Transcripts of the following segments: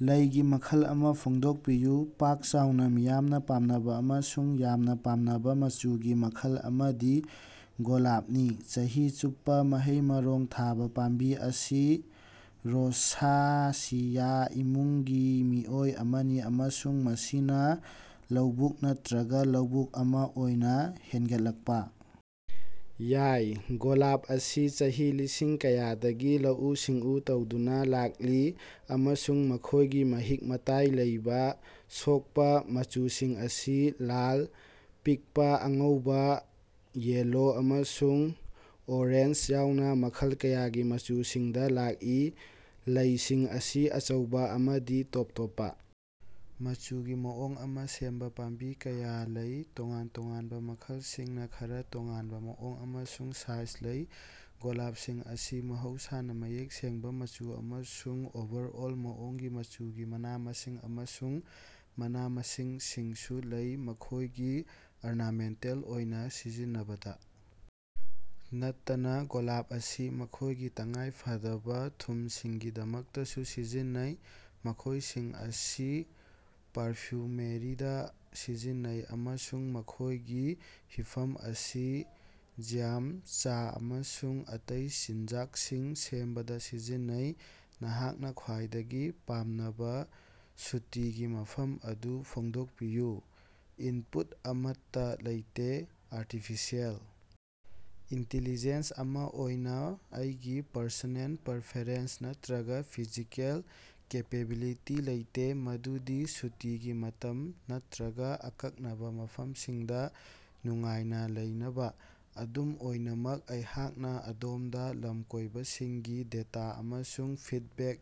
ꯂꯩꯒꯤ ꯃꯈꯜ ꯑꯃ ꯐꯣꯡꯗꯣꯛꯄꯤꯌꯨ꯫ ꯄꯥꯛ-ꯆꯥꯎꯅ ꯃꯤꯌꯥꯝꯅ ꯄꯥꯝꯅꯕ ꯑꯃꯁꯨꯡ ꯌꯥꯝꯅ ꯄꯥꯝꯅꯕ ꯃꯆꯨꯒꯤ ꯃꯈꯜ ꯑꯃꯗꯤ ꯒꯣꯂꯥꯞꯅꯤ꯫ ꯆꯍꯤ ꯆꯨꯞꯄ ꯃꯍꯩ ꯃꯔꯣꯡ ꯊꯥꯕ ꯄꯥꯝꯕꯤ ꯑꯁꯤ ꯔꯣꯁꯥꯁꯤꯌꯥ ꯏꯃꯨꯡꯒꯤ ꯃꯤꯑꯣꯏ ꯑꯃꯅꯤ, ꯑꯃꯁꯨꯡ ꯃꯁꯤꯅ ꯂꯧꯕꯨꯛ ꯅꯠꯇꯔꯒ ꯂꯧꯕꯨꯛ ꯑꯃꯥ ꯑꯣꯏꯅ ꯍꯦꯟꯒꯠꯂꯛꯄ ꯌꯥꯏ꯫ ꯒꯣꯂꯥꯞ ꯑꯁꯤ ꯆꯍꯤ ꯂꯤꯁꯤꯡ ꯀꯌꯥꯗꯒꯤ ꯂꯧꯎ-ꯁꯤꯡꯎ ꯇꯧꯗꯨꯅ ꯂꯥꯛꯂꯤ ꯑꯃꯁꯨꯡ ꯃꯈꯣꯏꯒꯤ ꯃꯍꯤꯛ-ꯃꯇꯥꯏ ꯂꯩꯕ, ꯁꯣꯛꯄ ꯃꯆꯨꯁꯤꯡ ꯑꯁꯤ ꯂꯥꯜ, ꯄꯤꯛꯄꯥ, ꯑꯉꯧꯕꯥ, ꯌꯦꯜꯂꯣ ꯑꯃꯁꯨꯡ ꯑꯣꯔꯦꯟꯖ ꯌꯥꯎꯅ ꯃꯈꯜ ꯀꯌꯥꯒꯤ ꯃꯆꯨꯁꯤꯡꯗ ꯂꯥꯛꯏ꯫ ꯂꯩꯁꯤꯡ ꯑꯁꯤ ꯑꯆꯧꯕ ꯑꯃꯗꯤ ꯇꯣꯞ ꯇꯣꯞꯄ ꯃꯆꯨꯒꯤ ꯃꯑꯣꯡ ꯑꯃ ꯁꯦꯝꯕ ꯄꯥꯝꯕꯤ ꯀꯌꯥ ꯂꯩ, ꯇꯣꯉꯥꯟ-ꯇꯣꯉꯥꯟꯕ ꯃꯈꯜꯁꯤꯡꯅ ꯈꯔ ꯇꯣꯉꯥꯟꯕ ꯃꯑꯣꯡ ꯑꯃꯁꯨꯡ ꯁꯥꯏꯖ ꯂꯩ꯫ ꯒꯣꯂꯥꯞꯁꯤꯡ ꯑꯁꯤ ꯃꯍꯧꯁꯥꯅ ꯃꯌꯦꯛ ꯁꯦꯡꯕ ꯃꯆꯨ ꯑꯃꯁꯨꯡ ꯑꯣꯚꯔꯑꯣꯜ ꯃꯑꯣꯡꯒꯤ ꯃꯆꯨꯒꯤ ꯃꯅꯥ-ꯃꯁꯤꯡ ꯑꯃꯁꯨꯡ ꯃꯅꯥ-ꯃꯁꯤꯡꯁꯤꯡꯁꯨ ꯂꯩ꯫ ꯃꯈꯣꯏꯒꯤ ꯑꯔꯅꯥꯃꯦꯟꯇꯦꯜ ꯑꯣꯏꯅ ꯁꯤꯖꯤꯟꯅꯕꯇ ꯅꯠꯇꯅ, ꯒꯣꯂꯥꯞ ꯑꯁꯤ ꯃꯈꯣꯏꯒꯤ ꯇꯉꯥꯏꯐꯗꯕ ꯊꯨꯝꯁꯤꯡꯒꯤꯗꯃꯛꯇꯁꯨ ꯁꯤꯖꯤꯟꯅꯩ, ꯃꯈꯣꯏꯁꯤꯡ ꯑꯁꯤ ꯄꯥꯔꯐꯤꯎꯃꯦꯔꯤꯗ ꯁꯤꯖꯤꯟꯅꯩ, ꯑꯃꯁꯨꯡ ꯃꯈꯣꯏꯒꯤ ꯍꯤꯞꯐꯝ ꯑꯁꯤ ꯖ꯭ꯌꯥꯝ, ꯆꯥ ꯑꯃꯁꯨꯡ ꯑꯇꯩ ꯆꯤꯟꯖꯥꯛꯁꯤꯡ ꯁꯦꯝꯕꯗ ꯁꯤꯖꯤꯟꯅꯩ꯫ ꯅꯍꯥꯛꯅ ꯈ꯭ꯋꯥꯏꯗꯒꯤ ꯄꯥꯝꯅꯕ ꯁꯨꯇꯤꯒꯤ ꯃꯐꯝ ꯑꯗꯨ ꯐꯣꯡꯗꯣꯛꯄꯤꯌꯨ꯫ ꯏꯟꯄꯨꯠ ꯑꯃꯠꯇ ꯂꯩꯇꯦ꯫ ꯑꯥꯔꯇꯤꯐꯤꯁꯤꯑꯦꯜ ꯏꯟꯇꯤꯂꯤꯖ‌ꯦꯟꯁ ꯑꯃ ꯑꯣꯏꯅ ꯑꯩꯒꯤ ꯄꯔꯁꯣꯅꯦꯜ ꯄꯔꯐꯦꯔꯦꯟꯁ ꯅꯠꯇꯔꯒ ꯐꯤꯖꯤꯀꯦꯜ ꯀꯦꯄꯦꯕꯤꯂꯤꯇꯤ ꯂꯩꯇꯦ ꯃꯗꯨꯗꯤ ꯁꯨꯇꯤꯒꯤ ꯃꯇꯝ ꯅꯠꯇꯔꯒ ꯑꯀꯛꯅꯕ ꯃꯐꯝꯁꯤꯡꯗ ꯅꯨꯡꯉꯥꯏꯅ ꯂꯩꯅꯕ꯫ ꯑꯗꯨꯝ ꯑꯣꯏꯅꯃꯛ, ꯑꯩꯍꯥꯛꯅ ꯑꯗꯣꯝꯗ ꯂꯝꯀꯣꯏꯕꯁꯤꯡꯒꯤ ꯗꯦꯇꯥ ꯑꯃꯁꯨꯡ ꯐꯤꯗꯕꯦꯛ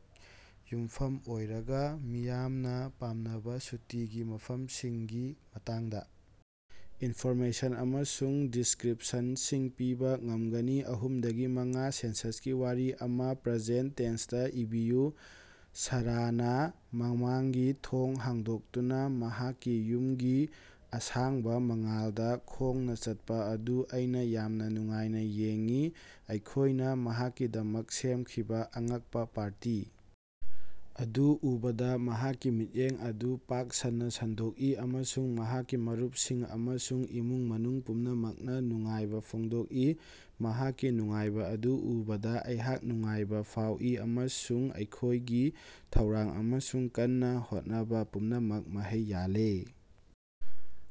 ꯌꯨꯝꯐꯝ ꯑꯣꯏꯔꯒ ꯃꯤꯌꯥꯝꯅ ꯄꯥꯝꯅꯕ ꯁꯨꯇꯤꯒꯤ ꯃꯐꯝꯁꯤꯡꯒꯤ ꯃꯇꯥꯡꯗ ꯏꯟꯐꯣꯔꯃꯦꯁꯟ ꯑꯃꯁꯨꯡ ꯗꯤꯁ꯭ꯀꯔꯤꯞꯁꯟꯁꯤꯡ ꯄꯤꯕ ꯉꯝꯒꯅꯤ꯫ ꯑꯍꯨꯝꯗꯒꯤ ꯃꯉꯥ ꯁꯦꯟꯁꯁꯀꯤ ꯋꯥꯔꯤ ꯑꯃꯥ ꯄ꯭ꯔꯦꯖꯦꯟꯇ ꯇꯦꯟꯁꯇꯥ ꯏꯕꯤꯌꯨ꯫ ꯁꯥꯔꯥꯅ ꯃꯃꯥꯡꯒꯤ ꯊꯣꯡ ꯍꯥꯡꯗꯣꯛꯇꯨꯅ ꯃꯍꯥꯛꯀꯤ ꯌꯨꯝꯒꯤ ꯑꯁꯥꯡꯕ ꯃꯉꯥꯜꯗ ꯈꯣꯡꯅ ꯆꯠꯄ ꯑꯗꯨ ꯑꯩꯅ ꯌꯥꯝꯅ ꯅꯨꯡꯉꯥꯏꯅ ꯌꯦꯡꯏ꯫ ꯑꯩꯈꯣꯏꯅ ꯃꯍꯥꯛꯀꯤꯗꯃꯛ ꯁꯦꯝꯈꯤꯕ ꯑꯉꯛꯄ ꯄꯥꯔꯇꯤ ꯑꯗꯨ ꯎꯕꯗ ꯃꯍꯥꯛꯀꯤ ꯃꯤꯠꯌꯦꯡ ꯑꯗꯨ ꯄꯥꯛ ꯁꯟꯅ ꯁꯟꯗꯣꯛꯏ, ꯑꯃꯁꯨꯡ ꯃꯍꯥꯛꯀꯤ ꯃꯔꯨꯞꯁꯤꯡ ꯑꯃꯁꯨꯡ ꯏꯃꯨꯡ ꯃꯅꯨꯡ ꯄꯨꯝꯅꯃꯛꯅ ꯅꯨꯡꯉꯥꯏꯕ ꯐꯣꯡꯗꯣꯛꯏ꯫ ꯃꯍꯥꯛꯀꯤ ꯅꯨꯡꯉꯥꯏꯕ ꯑꯗꯨ ꯎꯕꯗ ꯑꯩꯍꯥꯛ ꯅꯨꯡꯉꯥꯏꯕ ꯐꯥꯎꯏ ꯑꯃꯁꯨꯡ ꯑꯩꯈꯣꯏꯒꯤ ꯊꯧꯔꯥꯡ ꯑꯃꯁꯨꯡ ꯀꯟꯅ ꯍꯣꯠꯅꯕ ꯄꯨꯝꯅꯃꯛ ꯃꯍꯩ ꯌꯥꯜꯂꯦ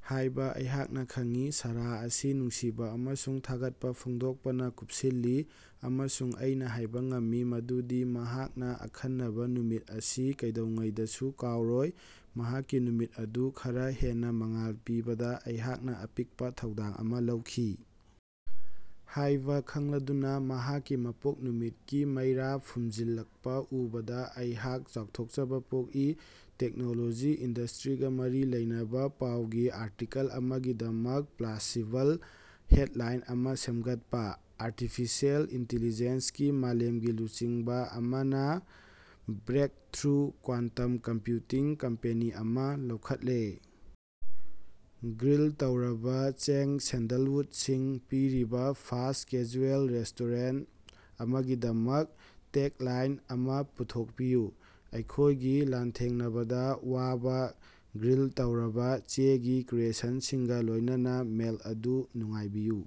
ꯍꯥꯏꯕ ꯑꯩꯍꯥꯛꯅ ꯈꯪꯏ꯫ ꯁꯥꯔꯥ ꯑꯁꯤ ꯅꯨꯡꯁꯤꯕ ꯑꯃꯁꯨꯡ ꯊꯥꯒꯠꯄ ꯐꯣꯡꯗꯣꯛꯄꯅ ꯀꯨꯄꯁꯤꯜꯂꯤ, ꯑꯃꯁꯨꯡ ꯑꯩꯅꯥ ꯍꯥꯏꯕ ꯉꯝꯃꯤ ꯃꯗꯨꯗꯤ ꯃꯍꯥꯛꯅꯥ ꯑꯈꯟꯅꯕ ꯅꯨꯃꯤꯠ ꯑꯁꯤ ꯀꯩꯗꯧꯉꯩꯗꯁꯨ ꯀꯥꯎꯔꯣꯏ꯫ ꯃꯍꯥꯛꯀꯤ ꯅꯨꯃꯤꯠ ꯑꯗꯨ ꯈꯔꯥ ꯍꯦꯟꯅ ꯃꯉꯥꯜ ꯄꯤꯕꯗ ꯑꯩꯍꯥꯛꯅꯥ ꯑꯄꯤꯛꯄ ꯊꯧꯗꯥꯡ ꯑꯃꯥ ꯂꯧꯈꯤ ꯍꯥꯏꯕ ꯈꯪꯂꯗꯨꯅ ꯃꯍꯥꯛꯀꯤ ꯃꯄꯣꯛ ꯅꯨꯃꯤꯠꯀꯤ ꯃꯩꯔꯥ ꯐꯨꯝꯖꯤꯜꯂꯛꯄ ꯎꯕꯗ ꯑꯩꯍꯥꯛ ꯆꯥꯎꯊꯣꯛꯆꯕ ꯄꯣꯛꯏ꯫ ꯇꯦꯛꯅꯣꯂꯣꯖꯤ ꯏꯟꯗꯁ꯭ꯇꯔꯤꯒ ꯃꯔꯤ ꯂꯩꯅꯕ ꯄꯥꯎꯒꯤ ꯑꯥꯔꯇꯤꯀꯜ ꯑꯃꯒꯤꯗꯃꯛ ꯄ꯭ꯂꯥꯖꯁꯤꯕꯜ ꯍꯦꯗꯂꯥꯏꯟ ꯑꯃꯥ ꯁꯦꯝꯒꯠꯄ꯫ ꯑꯥꯔꯇꯤꯐꯤꯁꯤꯑꯦꯜ ꯏꯟꯇꯤꯂꯤꯖꯦꯟꯁꯀꯤ ꯃꯥꯂꯦꯝꯒꯤ ꯂꯨꯆꯤꯡꯕ ꯑꯃꯅ ꯕ꯭ꯔꯦꯀꯊ꯭ꯔꯨ ꯀ꯭ꯋꯥꯟꯇꯝ ꯀꯝꯄ꯭ꯌꯨꯇꯤꯡ ꯀꯝꯄꯦꯅꯤ ꯑꯃ ꯂꯧꯈꯠꯂꯦ ꯫ ꯒ꯭ꯔꯤꯜ ꯇꯧꯔꯕ ꯆꯦꯡ ꯁꯦꯟꯗꯜꯋꯨꯗꯁꯤꯡ ꯄꯤꯔꯤꯕ ꯐꯥꯁ꯭ꯠ-ꯀꯦꯖꯨꯑꯦꯜ ꯔꯦꯁ꯭ꯇꯣꯔꯦꯟꯇ ꯑꯃꯒꯤꯗꯃꯛ ꯇꯦꯒꯂꯥꯏꯟ ꯑꯃꯥ ꯄꯨꯊꯣꯛꯄꯤꯌꯨ꯫ ꯑꯩꯈꯣꯏꯒꯤ ꯂꯥꯟꯊꯦꯡꯅꯕꯗ ꯋꯥꯕ ꯒ꯭ꯔꯤꯜ ꯇꯧꯔꯕ ꯆꯦꯒꯤ ꯀ꯭ꯔꯤꯌꯦꯁꯟꯁꯤꯡꯒ ꯂꯣꯏꯅꯅ ꯃꯦꯜꯠ ꯑꯗꯨ ꯅꯨꯡꯉꯥꯏꯕꯤꯌꯨ꯫